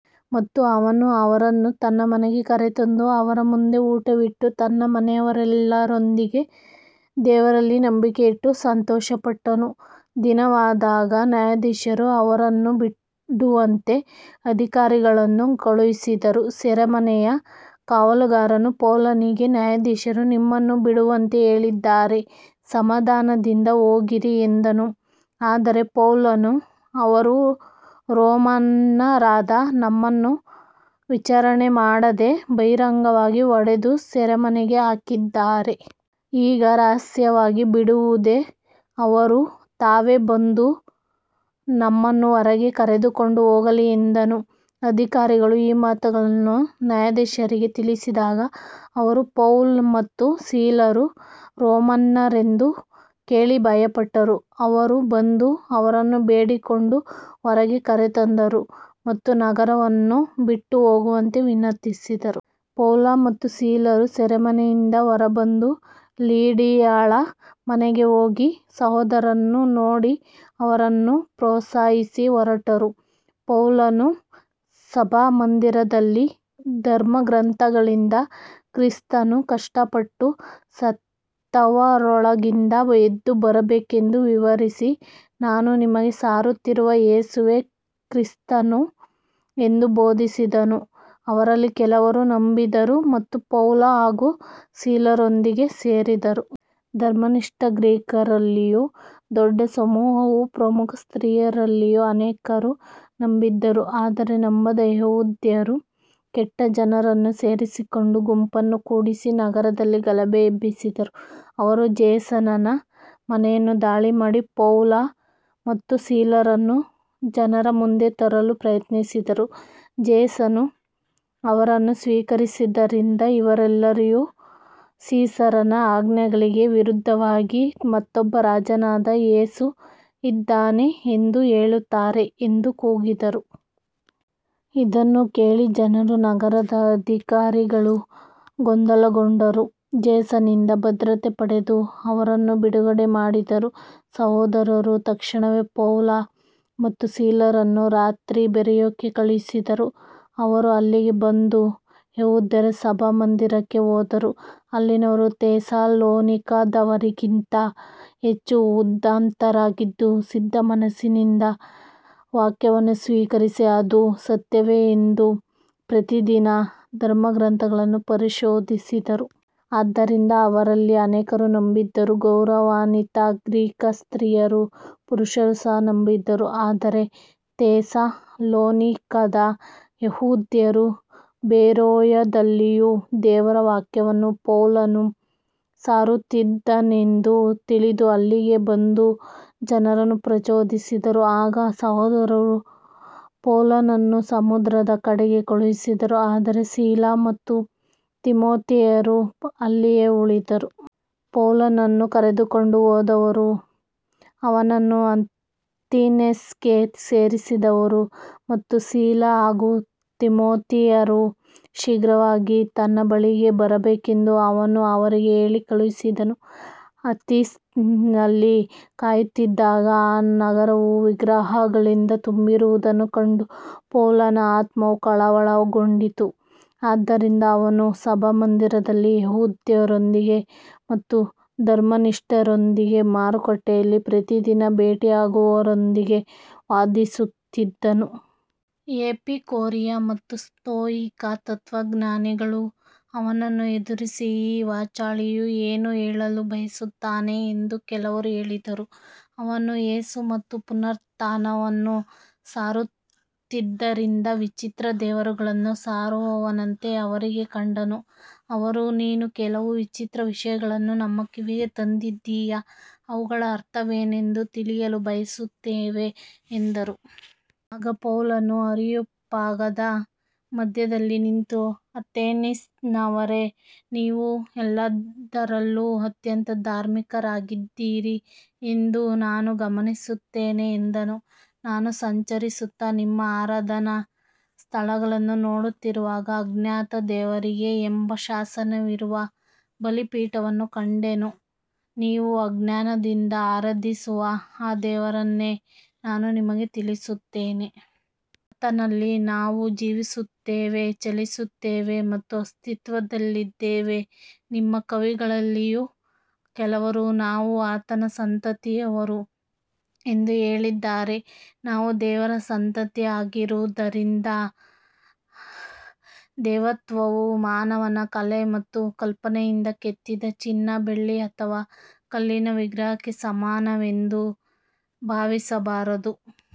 ಮತ್ತು ಅವನು ಅವರನ್ನು ತನ್ನ ಮನೆಗೆ ಕರೆತಂದು ಅವರ ಮುಂದೆ ಊಟವಿಟ್ಟು ತನ್ನ ಮನೆಯವರೆಲ್ಲರೊಂದಿಗೆ ದೇವರಲ್ಲಿ ನಂಬಿಕೆಯಿಟ್ಟು ಸಂತೋಷಪಟ್ಟನು. ದಿನವಾದಾಗ ನ್ಯಾಯಾಧೀಶರು ಅವರನ್ನು ಬಿಡುವಂತೆ ಅಧಿಕಾರಿಗಳನ್ನು ಕಳುಹಿಸಿದರು. ಸೆರೆಮನೆಯ ಕಾವಲುಗಾರನು ಪೌಲನಿಗೆ, ನ್ಯಾಯಾಧೀಶರು ನಿಮ್ಮನ್ನು ಬಿಡುವಂತೆ ಹೇಳಿದ್ದಾರೆ, ಸಮಾಧಾನದಿಂದ ಹೋಗಿರಿ ಎಂದನು. ಆದರೆ ಪೌಲನು, ಅವರು ರೋಮನ್ನರಾದ ನಮ್ಮನ್ನು ವಿಚಾರಣೆ ಮಾಡದೆ ಬಹಿರಂಗವಾಗಿ ಹೊಡೆದು ಸೆರೆಮನೆಗೆ ಹಾಕಿದ್ದಾರೆ. ಈಗ ರಹಸ್ಯವಾಗಿ ಬಿಡುವುದೇ, ಅವರು ತಾವೇ ಬಂದು ನಮ್ಮನ್ನು ಹೊರಗೆ ಕರೆದುಕೊಂಡು ಹೋಗಲಿ ಎಂದನು. ಅಧಿಕಾರಿಗಳು ಈ ಮಾತುಗಳನ್ನು ನ್ಯಾಯಾಧೀಶರಿಗೆ ತಿಳಿಸಿದಾಗ ಅವರು ಪೌಲ ಮತ್ತು ಸೀಲರು ರೋಮನ್ನರೆಂದು ಕೇಳಿ ಭಯಪಟ್ಟರು. ಅವರು ಬಂದು ಅವರನ್ನು ಬೇಡಿಕೊಂಡು ಹೊರಗೆ ಕರೆತಂದರು ಮತ್ತು ನಗರವನ್ನು ಬಿಟ್ಟು ಹೋಗುವಂತೆ ವಿನಂತಿಸಿದರು. ಪೌಲ ಮತ್ತು ಸೀಲರು ಸೆರೆಮನೆಯಿಂದ ಹೊರಬಂದು ಲಿಡಿಯಳ ಮನೆಗೆ ಹೋಗಿ ಸಹೋದರರನ್ನು ನೋಡಿ ಅವರನ್ನು ಪ್ರೋತ್ಸಾಹಿಸಿ ಹೊರಟರು. ಪೌಲನು ಸಭಾಮಂದಿರದಲ್ಲಿ ಧರ್ಮಗ್ರಂಥಗಳಿಂದ ಕ್ರಿಸ್ತನು ಕಷ್ಟಪಟ್ಟು ಸತ್ತವರೊಳಗಿಂದ ಎದ್ದುಬರಬೇಕೆಂದು ವಿವರಿಸಿ, ನಾನು ನಿಮಗೆ ಸಾರುತ್ತಿರುವ ಯೇಸುವೇ ಕ್ರಿಸ್ತನು ಎಂದು ಬೋಧಿಸಿದನು. ಅವರಲ್ಲಿ ಕೆಲವರು ನಂಬಿದರು ಮತ್ತು ಪೌಲ ಹಾಗೂ ಸೀಲರೊಂದಿಗೆ ಸೇರಿದರು. ಧರ್ಮನಿಷ್ಠ ಗ್ರೀಕರಲ್ಲಿಯೂ ದೊಡ್ಡ ಸಮೂಹವೂ ಪ್ರಮುಖ ಸ್ತ್ರೀಯರಲ್ಲಿಯೂ ಅನೇಕರು ನಂಬಿದರು. ಆದರೆ ನಂಬದ ಯೆಹೂದ್ಯರು ಕೆಟ್ಟ ಜನರನ್ನು ಸೇರಿಸಿಕೊಂಡು ಗುಂಪನ್ನು ಕೂಡಿಸಿ ನಗರದಲ್ಲಿ ಗಲಭೆ ಎಬ್ಬಿಸಿದರು. ಅವರು ಜೇಸನನ ಮನೆಯನ್ನು ದಾಳಿ ಮಾಡಿ ಪೌಲ ಮತ್ತು ಸೀಲರನ್ನು ಜನರ ಮುಂದೆ ತರಲು ಪ್ರಯತ್ನಿಸಿದರು. ಜೇಸನು ಅವರನ್ನು ಸ್ವೀಕರಿಸಿದ್ದರಿಂದ, ಇವರೆಲ್ಲರೂ ಸೀಸರನ ಆಜ್ಞೆಗಳಿಗೆ ವಿರುದ್ಧವಾಗಿ ಮತ್ತೊಬ್ಬ ರಾಜನಾದ ಯೇಸು ಇದ್ದಾನೆ ಎಂದು ಹೇಳುತ್ತಾರೆ ಎಂದು ಕೂಗಿದರು. ಇದನ್ನು ಕೇಳಿ ಜನರೂ ನಗರದ ಅಧಿಕಾರಿಗಳೂ ಗೊಂದಲಗೊಂಡರು. ಜೇಸನನಿಂದ ಭದ್ರತೆ ಪಡೆದು ಅವರನ್ನು ಬಿಡುಗಡೆ ಮಾಡಿದರು. ಸಹೋದರರು ತಕ್ಷಣವೇ ಪೌಲ ಮತ್ತು ಸೀಲರನ್ನು ರಾತ್ರಿ ಬೆರೋಯಕ್ಕೆ ಕಳುಹಿಸಿದರು. ಅವರು ಅಲ್ಲಿಗೆ ಬಂದು ಯೆಹೂದ್ಯರ ಸಭಾಮಂದಿರಕ್ಕೆ ಹೋದರು. ಅಲ್ಲಿನವರು ಥೆಸಲೋನಿಕದವರಿಗಿಂತ ಹೆಚ್ಚು ಉದಾತ್ತರಾಗಿದ್ದು, ಸಿದ್ಧಮನಸ್ಸಿನಿಂದ ವಾಕ್ಯವನ್ನು ಸ್ವೀಕರಿಸಿ ಅದು ಸತ್ಯವೇ ಎಂದು ಪ್ರತಿದಿನ ಧರ್ಮಗ್ರಂಥಗಳನ್ನು ಪರಿಶೋಧಿಸಿದರು. ಆದ್ದರಿಂದ ಅವರಲ್ಲಿ ಅನೇಕರು ನಂಬಿದರು, ಗೌರವಾನ್ವಿತ ಗ್ರೀಕ್ ಸ್ತ್ರೀಯರೂ ಪುರುಷರೂ ಸಹ ನಂಬಿದರು. ಆದರೆ ಥೆಸಲೋನಿಕದ ಯೆಹೂದ್ಯರು ಬೆರೋಯದಲ್ಲಿಯೂ ದೇವರ ವಾಕ್ಯವನ್ನು ಪೌಲನು ಸಾರುತ್ತಿದ್ದಾನೆಂದು ತಿಳಿದು ಅಲ್ಲಿಗೆ ಬಂದು ಜನರನ್ನು ಪ್ರಚೋದಿಸಿದರು. ಆಗ ಸಹೋದರರು ಪೌಲನನ್ನು ಸಮುದ್ರದ ಕಡೆಗೆ ಕಳುಹಿಸಿದರು, ಆದರೆ ಸೀಲ ಮತ್ತು ತಿಮೊಥೆಯರು ಅಲ್ಲಿಯೇ ಉಳಿದರು. ಪೌಲನನ್ನು ಕರೆದುಕೊಂಡು ಹೋದವರು ಅವನನ್ನು ಅಥೆನ್ಸಿಗೆ ಸೇರಿಸಿದರು ಮತ್ತು ಸೀಲ ಹಾಗೂ ತಿಮೊಥೆಯರು ಶೀಘ್ರವಾಗಿ ತನ್ನ ಬಳಿಗೆ ಬರಬೇಕೆಂದು ಅವನು ಅವರಿಗೆ ಹೇಳಿ ಕಳುಹಿಸಿದನು. ಅಥೆನ್ಸಿನಲ್ಲಿ ಕಾಯುತ್ತಿದ್ದಾಗ ಆ ನಗರವು ವಿಗ್ರಹಗಳಿಂದ ತುಂಬಿರುವುದನ್ನು ಕಂಡು ಪೌಲನ ಆತ್ಮವು ಕಳವಳಗೊಂಡಿತು. ಆದ್ದರಿಂದ ಅವನು ಸಭಾಮಂದಿರದಲ್ಲಿ ಯೆಹೂದ್ಯರೊಂದಿಗೆ ಮತ್ತು ಧರ್ಮನಿಷ್ಠರೊಂದಿಗೆ, ಮಾರುಕಟ್ಟೆಯಲ್ಲಿ ಪ್ರತಿದಿನ ಭೇಟಿಯಾಗುವವರೊಂದಿಗೆ ವಾದಿಸುತ್ತಿದ್ದನು. ಎಪಿಕೂರಿಯ ಮತ್ತು ಸ್ಥೋಯಿಕ ತತ್ವಜ್ಞಾನಿಗಳು ಅವನನ್ನು ಎದುರಿಸಿ, ಈ ವಾಚಾಳಿಯು ಏನು ಹೇಳಲು ಬಯಸುತ್ತಾನೆ ಎಂದು ಕೆಲವರು ಹೇಳಿದರು. ಅವನು ಯೇಸು ಮತ್ತು ಪುನರುತ್ಥಾನವನ್ನು ಸಾರುತ್ತಿದ್ದರಿಂದ ವಿಚಿತ್ರ ದೇವರುಗಳನ್ನು ಸಾರುವವನಂತೆ ಅವರಿಗೆ ಕಂಡನು. ಅವರು, ನೀನು ಕೆಲವು ವಿಚಿತ್ರ ವಿಷಯಗಳನ್ನು ನಮ್ಮ ಕಿವಿಗೆ ತಂದಿದ್ದೀಯ, ಅವುಗಳ ಅರ್ಥವೇನೆಂದು ತಿಳಿಯಲು ಬಯಸುತ್ತೇವೆ ಎಂದರು. ಆಗ ಪೌಲನು ಅರೆಯೋಪಾಗದ ಮಧ್ಯದಲ್ಲಿ ನಿಂತು, ಅಥೆನ್ಸಿನವರೇ, ನೀವು ಎಲ್ಲದರಲ್ಲೂ ಅತ್ಯಂತ ಧಾರ್ಮಿಕರಾಗಿದ್ದೀರಿ ಎಂದು ನಾನು ಗಮನಿಸುತ್ತೇನೆ ಎಂದನು. ನಾನು ಸಂಚರಿಸುತ್ತಾ ನಿಮ್ಮ ಆರಾಧನಾ ಸ್ಥಳಗಳನ್ನು ನೋಡುತ್ತಿರುವಾಗ ಅಜ್ಞಾತ ದೇವರಿಗೆ ಎಂಬ ಶಾಸನವಿರುವ ಬಲಿಪೀಠವನ್ನೂ ಕಂಡೆನು. ನೀವು ಅಜ್ಞಾನದಿಂದ ಆರಾಧಿಸುವ ಆ ದೇವರನ್ನೇ ನಾನು ನಿಮಗೆ ತಿಳಿಸುತ್ತೇನೆ. ಆತನಲ್ಲಿ ನಾವು ಜೀವಿಸುತ್ತೇವೆ, ಚಲಿಸುತ್ತೇವೆ ಮತ್ತು ಅಸ್ತಿತ್ವದಲ್ಲಿದ್ದೇವೆ. ನಿಮ್ಮ ಕವಿಗಳಲ್ಲಿಯೂ ಕೆಲವರು ನಾವು ಆತನ ಸಂತತಿಯವರು ಎಂದು ಹೇಳಿದ್ದಾರೆ. ನಾವು ದೇವರ ಸಂತತಿಯಾಗಿರುವುದರಿಂದ ದೇವತ್ವವು ಮಾನವನ ಕಲೆ ಮತ್ತು ಕಲ್ಪನೆಯಿಂದ ಕೆತ್ತಿದ ಚಿನ್ನ, ಬೆಳ್ಳಿ ಅಥವಾ ಕಲ್ಲಿನ ವಿಗ್ರಹಕ್ಕೆ ಸಮಾನವೆಂದು ಭಾವಿಸಬಾರದು.